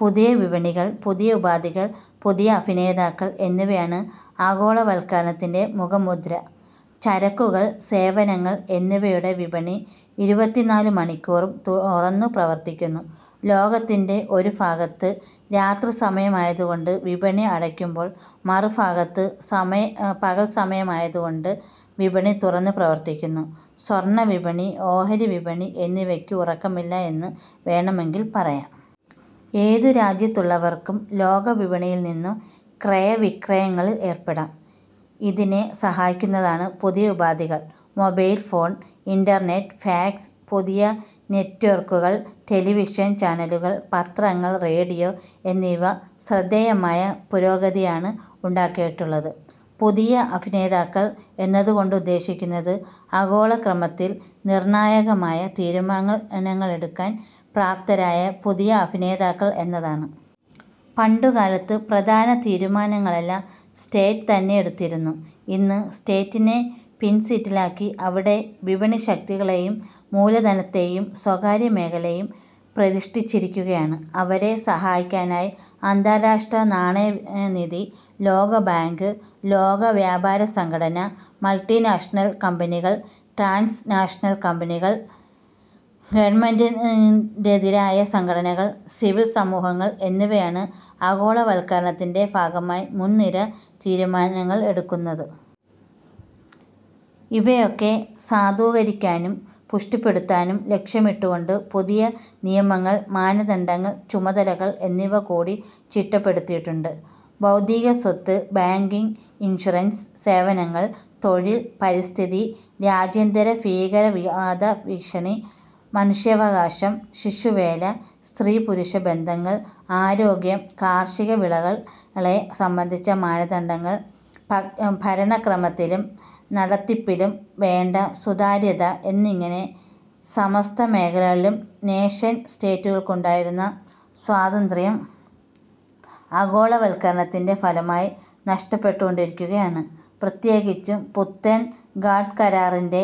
പുതിയ വിപണികൾ, പുതിയ ഉപാധികൾ, പുതിയ അഭിനേതാക്കൾ എന്നിവയാണ് ആഗോളവത്കരണത്തിന്റെ മുഖമുദ്ര. ചരക്കുകൾ, സേവനങ്ങൾ എന്നിവയുടെ വിപണി ഇരുപത്തിനാലു മണിക്കൂറും തുറന്നു പ്രവർത്തിക്കുന്നു. ലോകത്തിന്റെ ഒരു ഭാഗത്ത് രാത്രിസമയമായതുകൊണ്ട് വിപണി അടയ്ക്കുമ്പോൾ, മറുഭാഗത്ത് പകൽസമയമായതുകൊണ്ട് വിപണി തുറന്നു പ്രവർത്തിക്കുന്നു. സ്വർണവിപണി, ഓഹരിവിപണി എന്നിവയ്ക്ക് ഉറക്കമില്ല എന്ന് വേണമെങ്കിൽ പറയാം. ഏതുരാജ്യത്തുള്ളവർക്കും ലോകവിപണിയിൽനിന്നും ക്രയവിക്രയങ്ങളിൽ ഏർപ്പെടാം. ഇതിനെ സഹായിക്കുന്നതാണ് പുതിയ ഉപാധികൾ. മൊബൈൽ ഫോൺ, ഇന്റർനെറ്റ്, ഫാക്സ്, മാധ്യമ നെറ്റ്വർക്കുകൾ, ടെലിവിഷൻ ചാനലുകൾ, പത്രങ്ങൾ, റേഡിയോ എന്നിവ ശ്രദ്ധേയമായ പുരോഗതിയാണ് ഉണ്ടാക്കിയിട്ടുള്ളത്. പുതിയ അഭിനേതാക്കൾ എന്നതുകൊണ്ടുദ്ദേശിക്കുന്നത് ആഗോളക്രമത്തിൽ നിർണായകമായ തീരുമാനങ്ങൾ എടുക്കാൻ പ്രാപ്തരായ പുതിയ അഭിനേതാക്കൾ എന്നാണ്. പണ്ടുകാലത്ത് പ്രധാന തീരുമാനങ്ങളൊക്കെ സ്റ്റേറ്റ് തന്നെയെടുത്തിരുന്നു. ഇന്ന് സ്റ്റേറ്റിനെ പിൻസീറ്റിലാക്കി അവിടെ വിപണിശക്തികളെയും മൂലധനത്തെയും സ്വകാര്യമേഖലയെയും പ്രതിഷ്ഠിച്ചിരിക്കുകയാണ്. അവരെ സഹായിക്കാനായി അന്താരാഷ്ട്രനാണയനിധി, ലോകബാങ്ക്, ലോകവ്യാപാരസംഘടന, മൾട്ടിനാഷണൽ കമ്പനികൾ, ട്രാൻസ് നാഷണൽ കമ്പനികൾ, ഗവൺമെന്റിതര സംഘടനകൾ, സിവിൽ സമൂഹങ്ങൾ എന്നിവയാണ് ആഗോളവത്കരണത്തിന്റെ ഭാഗമായി മുൻനിര തീരുമാനങ്ങൾ എടുക്കുന്നത്. ഇവയൊക്കെ സാധൂകരിക്കാനും പുഷ്ടിപ്പെടുത്താനും ലക്ഷ്യമിട്ടുകൊണ്ടു പുതിയ നിയമങ്ങൾ, മാനദണ്ഡങ്ങൾ, ചുമതലകൾ എന്നിവകൂടി ചിട്ടപ്പെടുത്തിയിട്ടുണ്ട്. ബൌദ്ധികസ്വത്ത്, ബാങ്കിങ്, ഇൻഷുറൻസ്, സേവനങ്ങൾ, തൊഴിൽ, പരിസ്ഥിതി, രാജ്യാന്തരഭീകരവാദഭീഷണി, മനുഷ്യാവകാശം, ശിശുവേല, സ്ത്രീപുരുഷബന്ധങ്ങൾ, ആരോഗ്യം, കാർഷികവിളകളെ സംബന്ധിച്ച മാനദണ്ഡങ്ങൾ, ഭരണക്രമത്തിലും നടത്തിപ്പിലും വേണ്ട സുതാര്യത എന്നിങ്ങനെ സമസ്തമേഖലകളിലും നേഷൻ സ്റ്റേറ്റുകൾക്കുണ്ടായിരുന്ന സ്വാതന്ത്ര്യം ആഗോളവത്കരണത്തിന്റെ ഫലമായി നഷ്ടപ്പെട്ടുകൊണ്ടിരിക്കുകയാണ്, പ്രത്യേകിച്ചും പുത്തൻ ഗാട്ട്കരാറിന്റെ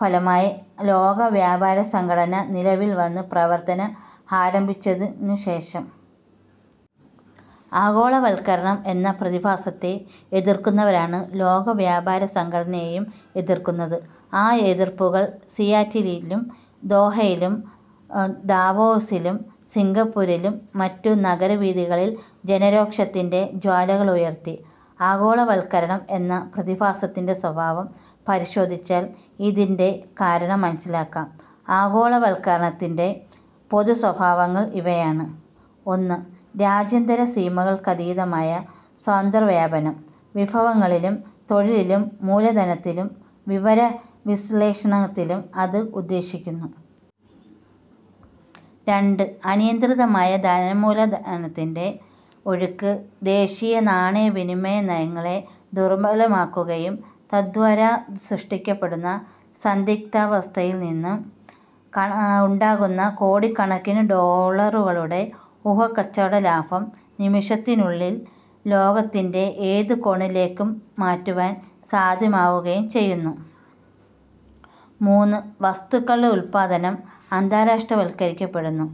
ഫലമായി ലോകവ്യാപാരസംഘടന നിലവിൽവന്ന് പ്രവർത്തനം ആരംഭിച്ചതിനുശേഷം. ആഗോളവത്കരണം എന്ന പ്രതിഭാസത്തെ, എതിർക്കുന്നവരാണ് ലോകവ്യാപാരസംഘടനയെയും എതിർക്കുന്നത്. ആ എതിർപ്പുകൾ സിയാറ്റിലിലും, ദോഹയിലും, ദാവോസിലും, സിംഗപ്പൂരിലും മറ്റും നഗരവീഥികളിൽ ജനരോഷത്തിന്റെ ജ്വാലകളുയർത്തി. ആഗോളവത്കരണം എന്ന പ്രതിഭാസത്തിന്റെ സ്വഭാവം പരിശോധിച്ചാൽ ഇതിന്റെ കാരണം മനസ്സിലാക്കാം. ആഗോളവത്കരണത്തിന്റെ പൊതുസ്വഭാവങ്ങൾ ഇവയാണ്. ഒന്ന്. രാജ്യാന്തരസീമകൾക്കതീതമായ സ്വതന്ത്രവ്യാപനം. വിഭവങ്ങളിലും തൊഴിലിലും മൂലധനത്തിലും വിവരവിശ്ളേഷണങ്ങളിലും അത് ഉദ്ദേശിക്കുന്നു. രണ്ട്. അനിയന്ത്രിതമായ ധനമൂലധനത്തിന്റെ ഒഴുക്ക് ദേശീയനാണയവിനിമയനയങ്ങളെ ദുർബലമാക്കുകയും തദ്വാരാ സൃഷ്ടിക്കപ്പെടുന്ന സന്ദിഗ്ധാവസ്ഥയിൽ നിന്നും ഉണ്ടാകുന്ന കോടിക്കണക്കിനു ഡോളറുകളുടെ ഊഹക്കച്ചവടലാഭം നിമിഷത്തിനുള്ളിൽ ലോകത്തിന്റെ ഏതു കോണിലേക്കും മാറ്റുവാൻ സാധ്യമാവുകയും ചെയ്യുന്നു. മൂന്ന്. വസ്തുക്കളുടെ ഉത്പാദനം അന്താരാഷ്ട്രവത്കരിക്കപ്പെടുന്നു.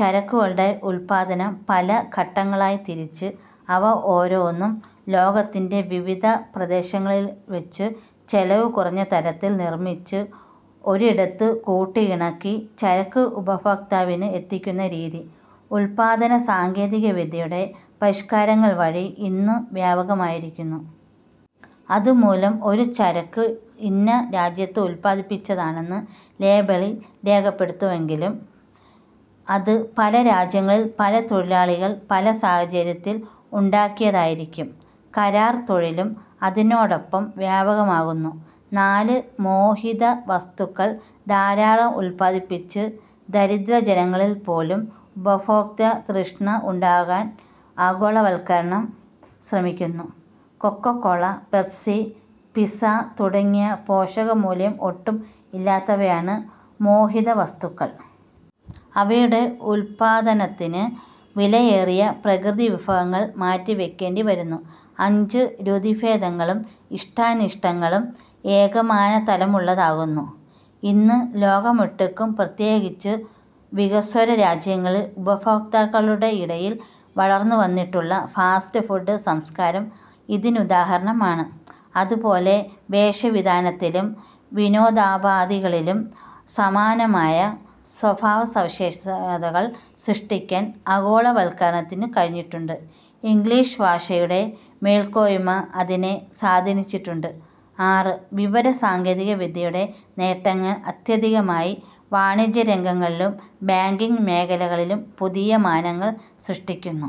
ചരക്കുകളുടെ ഉത്പാദനം പല ഘട്ടങ്ങളായിത്തിരിച്ച് അവ ഓരോന്നും ലോകത്തിന്റെ വിവിധ പ്രദേശങ്ങളിൽവച്ചു ചെലവു കുറഞ്ഞതരത്തിൽ നിർമിച്ച് ഒരിടത്ത് കൂട്ടിയിണക്കി ചരക്ക് ഉപഭോക്താവിന് എത്തിക്കുന്ന രീതി ഉത്പാദനസാങ്കേതികവിദ്യയുടെ പരിഷ്കാരങ്ങൾവഴി ഇന്നു വ്യാപകമായിരിക്കുന്നു. അതുമൂലം ഒരു ചരക്ക് ഇന്ന രാജ്യത്ത് ഉത്പാദിപ്പിച്ചതാണെന്ന് ലേബലിൽ രേഖപ്പെടുത്തുമെങ്കിലും, അത് പല രാജ്യങ്ങളിൽ പല തൊഴിലാളികൾ പല സാഹചര്യത്തിൽ ഉണ്ടാക്കിയതായിരിക്കും. കരാർ തൊഴിലും ഇതിനോടൊപ്പം വ്യാപകമാകുന്നു. നാല്. മോഹിതവസ്തുക്കൾ ധാരാളം ഉത്പാദിപ്പിച്ച് ദരിദ്രജനങ്ങളിൽപ്പോലും ഉപഭോഗതൃഷ്ണ ഉണ്ടാക്കാൻ ആഗോളവത്കരണം ശ്രമിക്കുന്നു. കൊക്കോക്കോള, പെപ്സി, പിസ്സാ തുടങ്ങി പോഷകമൂല്യം ഒട്ടും ഇല്ലാത്തവയാണ് മോഹിതവസ്തുക്കൾ. അവയുടെ ഉത്പാദനത്തിന് വിലയേറിയ പ്രകൃതിവിഭവങ്ങൾ മാറ്റിവയ്ക്കേണ്ടിവരുന്നു. അഞ്ച്. രുചിഭേദങ്ങളും ഇഷ്ടാനിഷ്ടങ്ങളും ഏകമാനതലമുള്ളതാക്കുന്നു. ഇന്ന് ലോകമൊട്ടുക്കും പ്രത്യേകിച്ചു വികസ്വരരാജ്യങ്ങളിൽ ഉപഭോക്താക്കളുടെയിടയിൽ വളർന്നുവന്നിട്ടുള്ള ഫാസ്റ്റ്ഫുഡ് സംസ്കാരം ഇതിനുദാഹരണമാണ്. അതുപോലെ വേഷവിധാനത്തിലും, വിനോദോപാധികളിലും സമാനമായ സ്വഭാവവിശേഷങ്ങൾ സൃഷ്ടിക്കാൻ ആഗോളവത്കരണത്തിനു കഴിഞ്ഞിട്ടുണ്ട്. ഇംഗ്ളീഷ്ഭാഷയുടെ മേൽക്കോയ്മ ഇതിനെ സ്വാധീനിച്ചിട്ടുണ്ട്. ആറ്. വിവരസാങ്കേതികവിദ്യയുടെ നേട്ടങ്ങൾ അത്യധികമായി വാണിജ്യരംഗങ്ങളിലും, ബാങ്കിങ് മേഖലകളിലും പുതിയ മാനങ്ങൾ സൃഷ്ടിക്കുന്നു.